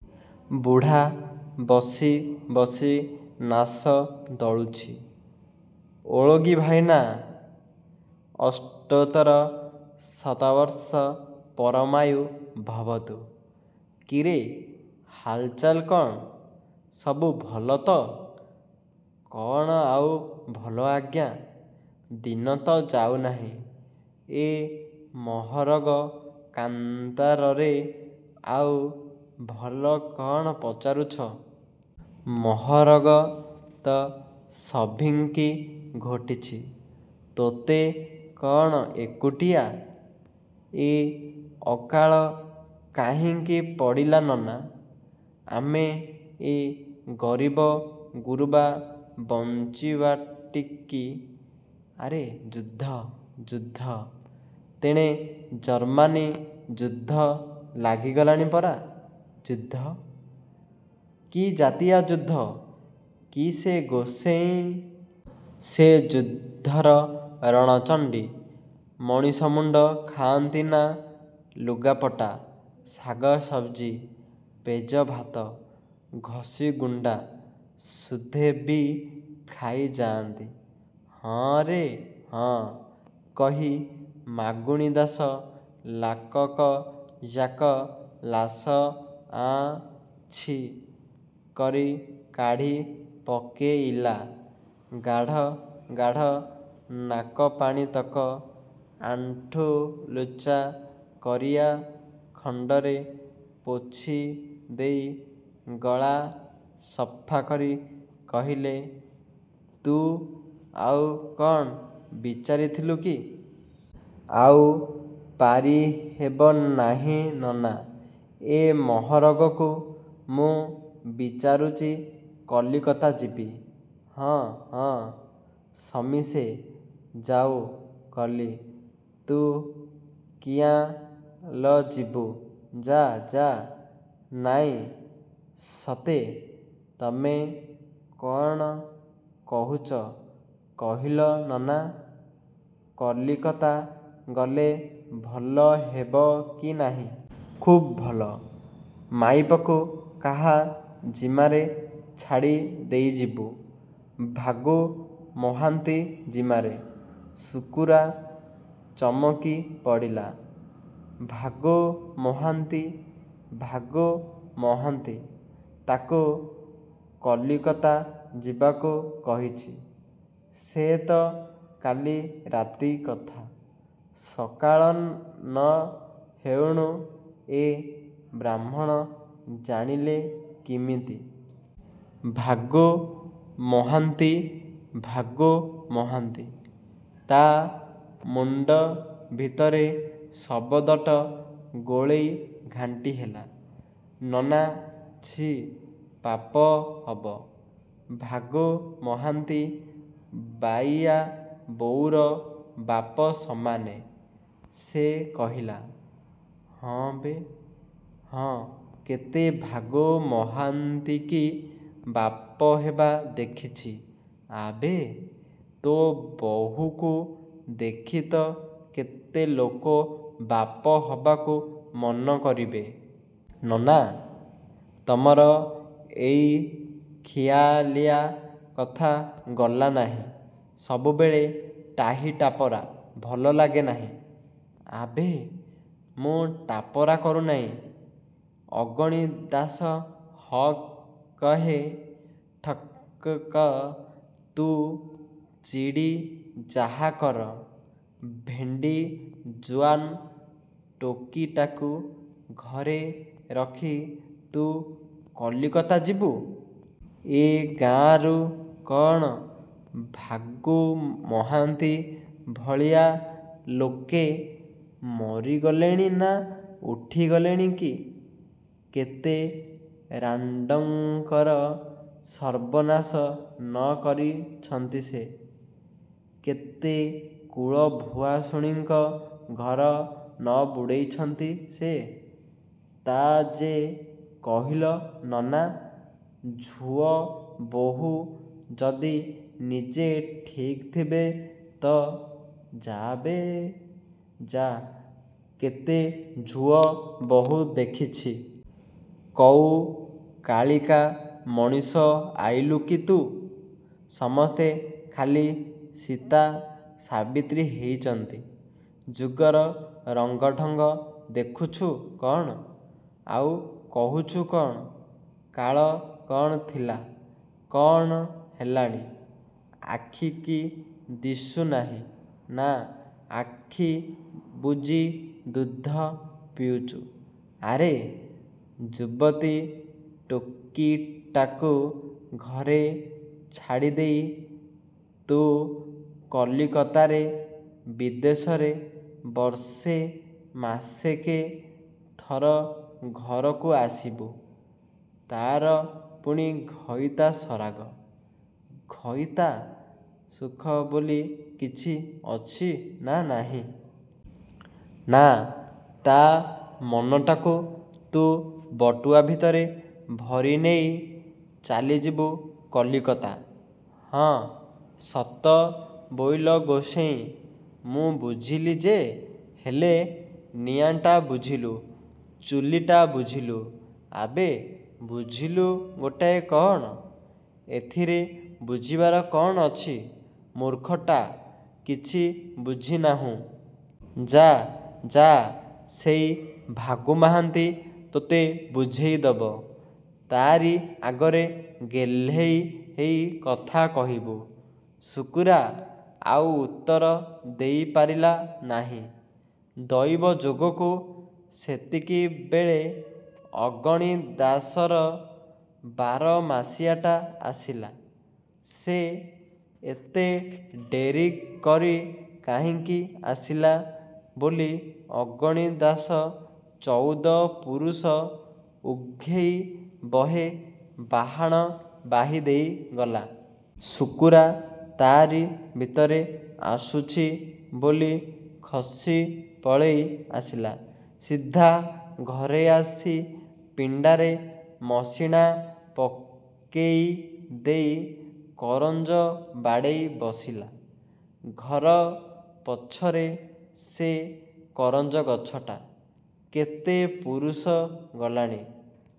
ବୁଢ଼ା ବସି ବସି ନାଶ ଦଳୁଛି-। ''ଓଳଗି ଭାଇନା। '' ''ଅଷ୍ଟୋତ୍ତର ଶତବର୍ଷ ପରମାୟୁ ଭବତୁ କିରେ ହାଲ୍ଚାଲ୍ କ'ଣ? ସବୁ ଭଲ ତ? '' ''କ'ଣ ଆଉ ଭଲ ଆଜ୍ଞା। ଦିନ ତ ଯାଉ ନାହିଁ। ଏ ମହରଗ କାନ୍ତାରରେ ଆଉ ଭଲ କ'ଣ ପଚାରୁଛ? '' ''ମହରଗ ତ ସଭିଙ୍କି ଘୋଟିଛି ତୋତେ କ'ଣ ଏକୁଟିଆ? '' ''ଏ ଅକାଳ କାହିଁକି ପଡ଼ିଲା ନନା, ଆମେ ଏ ଗରିବ ଗୁରୁବା ବଞ୍ଚିବାଟିକି? '' ''ଆରେ ଯୁଦ୍ଧ, ଯୁଦ୍ଧ! ତେଣେ ଜର୍ମାନୀ ଯୁଦ୍ଧ ଲାଗିଗଲାଣି ପରା। '' ''ଯୁଦ୍ଧ? କି ଜାତିଆ ଯୁଦ୍ଧ କି ସେ ଗୋସେଇଁ? ସେ ଯୁଦ୍ଧର ରଣଚଣ୍ଡୀ ମଣିଷମୁଣ୍ଡ ଖାଆନ୍ତିନା, ଲୁଗାପଟା, ଶାଗସବ୍ଜି, ପେଯ ଭାତ, ଘଷିଗୁଣ୍ଡା ସୁଧେବି ଖାଇଯାଆନ୍ତି? '' ''ହଁ ରେ ହଁ। '' କହି ମାଗୁଣିଦାସ ଲାକକ ଯାକ ଲାସ 'ଆଁ 'ଛି' କରି କାଢ଼ି ପକେଇଲା। ଗାଢ଼ ଗାଢ଼ ନାକପାଣିତକ ଆଣ୍ଠୁ ଲୁଚା କରିଆ ଖଣ୍ଡରେ ପୋଛି ଦେଇ ଗଳା ସଫା କରି କହିଲେ ''ତୁ ଆଉ କ'ଣ ବିଚାରିଥିଲୁ କି? '' ''ଆଉ ପାରି ହେବ ନାହିଁ ନନା ଏ ମହରଗକୁ ମୁଁ ବିଚାରୁଚି କଲିକତା ଯିବି। '' ''ହଁ, ହଁ, ସମିସେ ଯାଉ ଗଲି, ତୁ କିଆଁ ଲ ଯିବୁ? ଯା ଯା! '' ''ନାଇଁ ସତେ, ତମେ କ'ଣ କହୁଚ କହିଲ ନନା, କଲିକତା ଗଲେ ଭଲ ହେବ କି ନାହିଁ! '' ''ଖୁବ୍ ଭଲ, । ମାଇପକୁ କାହା ଜିମାରେ ଛାଡ଼ି ଦେଇଯିବୁ? ଭାଗୁ ମହାନ୍ତି ଜିମାରେ। '' ଶୁକୁରା ଚମକି ପଡ଼ିଲା। ଭାଗୁ ମହାନ୍ତି! ଭାଗୁ ମହାନ୍ତି ତାକୁ କଲିକତା ଯିବାକୁ କହିଛି । ସେ ତ କାଲି ରାତି କଥା। ସକାଳ ନ ହେଉଣୁ ଏ ବ୍ରାହ୍ମଣ ଜାଣିଲେ କିମିତି? ''ଭାଗୁ ମହାନ୍ତି ଭାଗୁ ମହାନ୍ତି। '' ତା' ମୁଣ୍ଡ ଭିତରେ ଶବଦଟ ଗୋଳେଇ ଘାଣ୍ଟି ହେଲା। ''ନନା, ଛି, ପାପ ହବ। ଭାଗୁ ମହାନ୍ତି ବାଇୟା ବୋଉର ବାପ ସମାନେ। '' ସେ କହିଲା । ''ହଁବେ ହଁ କେତେ ଭାଗୁ ମହାନ୍ତିକି ବାପ ହେବା ଦେଖିଛି ଆବେ ତୋ ବହୂକୁ ଦେଖିତ କେତେ ଲୋକ ବାପ ହବାକୁ ମନ କରିବେ। '' ''ନନା, ତମର ଏଇ ଖିଆଲିଆ କଥା ଗଲା ନାହିଁ। ସବୁବେଳେ ଟାହିଟାପରା ଭଲ ଲାଗେ ନାହିଁ। '' ''ଆବେ ମୁଁ ଟାପରା କରୁ ନାଇଁ। ଅଗଣି ଦାସ ହକ୍ କହେ ଠକ୍ଠକ୍! ତୁ ଚିଡ଼ି ଯାହା କର। ଭେଣ୍ଡୀ ଜୁଆନ୍ ଟୋକୀଟାକୁ ଘରେ ରଖି ତୁ କଲିକତା ଯିବୁ। ଏ ଗାଁରୁ କ'ଣ ଭାଗୁ ମହାନ୍ତି ଭଳିଆ ଲୋକେ ମରିଗଲେଣିନା ଉଠିଗଲେଣି କି? କେତେ ରାଣ୍ଡଙ୍କର ସର୍ବନାଶ ନ କରିଛନ୍ତି ସେ, କେତେ କୁଳଭୁଆସୁଣୀଙ୍କ ଘର ନ ବୁଡ଼େଇଛନ୍ତି ସେ? '' ''ତା' ଯେ କହିଲ ନନା, ଝୁଅ ବହୂ ଯଦି ନିଜେ ଠିକ୍ ଥିବେ ତ'' ''ଯାବେ ଯା କେତେ ଝୁଅ ବହୂ ଦେଖିଛି। କଉକାଳିକା ମଣିଷ ଆଇଲୁକି ତୁ? ସମସ୍ତେ ଖାଲି ସୀତା ସାବିତ୍ରୀ ହେଇଚନ୍ତି। ଯୁଗର ରଙ୍ଗଢ଼ଙ୍ଗ ଦେଖୁଛୁ କ'ଣ, ଆଉ କହୁଛୁ କ'ଣ? କାଳ କ'ଣ ଥିଲା, କ'ଣ ହେଲାଣି ଆଖିକି ଦିଶୁନାହିଁ ନା ଆଖି ବୁଜି ଦୁଧ ପିଉଚୁ? ଆରେ ଯୁବତୀ ଟୋକୀଟାକୁ ଘରେ ଛାଡ଼ିଦେଇ, ତୁ କଲିକତାରେ ବିଦେଶରେ; ବର୍ଷେ ମାସେକେ ଥର ଘରକୁ ଆସିବୁ, ତା'ର ପୁଣି ଘଇତା ସରାଗ, ଘଇତା ସୁଖ ବୋଲି କିଛି ଅଛି ନା ନାହିଁ? ନା ତା' ମନଟାକୁ ତୁ ବଟୁଆ ଭିତରେ ଭରି ନେଇ ଚାଲିଯିବୁ କଲିକତା? '' ''ହଁ ସତ ବୋଇଲ ଗୋସେଇଁ, ମୁଁ ବୁଝିଲି ଯେ ହେଲେ '' ''ନିଆଁଟା ବୁଝିଲୁ, ଚୁଲିଟା ବୁଝିଲୁ ଆବେ ବୁଝିଲୁ ଗୋଟାଏ କ'ଣ? ଏଥିରେ ବୁଝିବାର କ'ଣ ଅଛି। ମୂର୍ଖଟା କିଛି ବୁଝିନାହୁଁ। ଯା ଯା ସେଇ ଭାଗୁ ମହାନ୍ତି ତୋତେ ବୁଝେଇଦବ। ତା'ରି ଆଗରେ ଗେହ୍ଲେଇ ହେଇ କଥା କହିବୁ। '' ଶୁକୁରା ଆଉ ଉତ୍ତର ଦେଇ ପାରିଲା ନାହିଁ। ଦଇବଯୋଗକୁ ସେତିକିବେଳେ ଅଗଣିଦାସର ବାରମାସିଆଟା ଆସିଲା। ସେ ଏତେ ଡେରି କରି କାହିଁକି ଆସିଲା ବୋଲି ଅଗଣିଦାଶ ଚଉଦପୁରୁଷ ଉଘେଈ ବହେ ବାହାଣ ବାହି ଦେଇଗଲା। ଶୁକୁରା ତା'ରି ଭିତରେ ଆସୁଛି ବୋଲି ଖସି ପଳେଇ ଆସିଲା। ସିଧା ଘରେ ଆସି ପିଣ୍ଡାରେ ମସିଣା ପକେଇ ଦେଇ କରଞ୍ଜ ବାଡ଼େଇ ବସିଲା। ଘର ପଛରେ ସେ କରଞ୍ଜ ଗଛଟା। କେତେ ପୁରୁଷ ଗଲାଣି।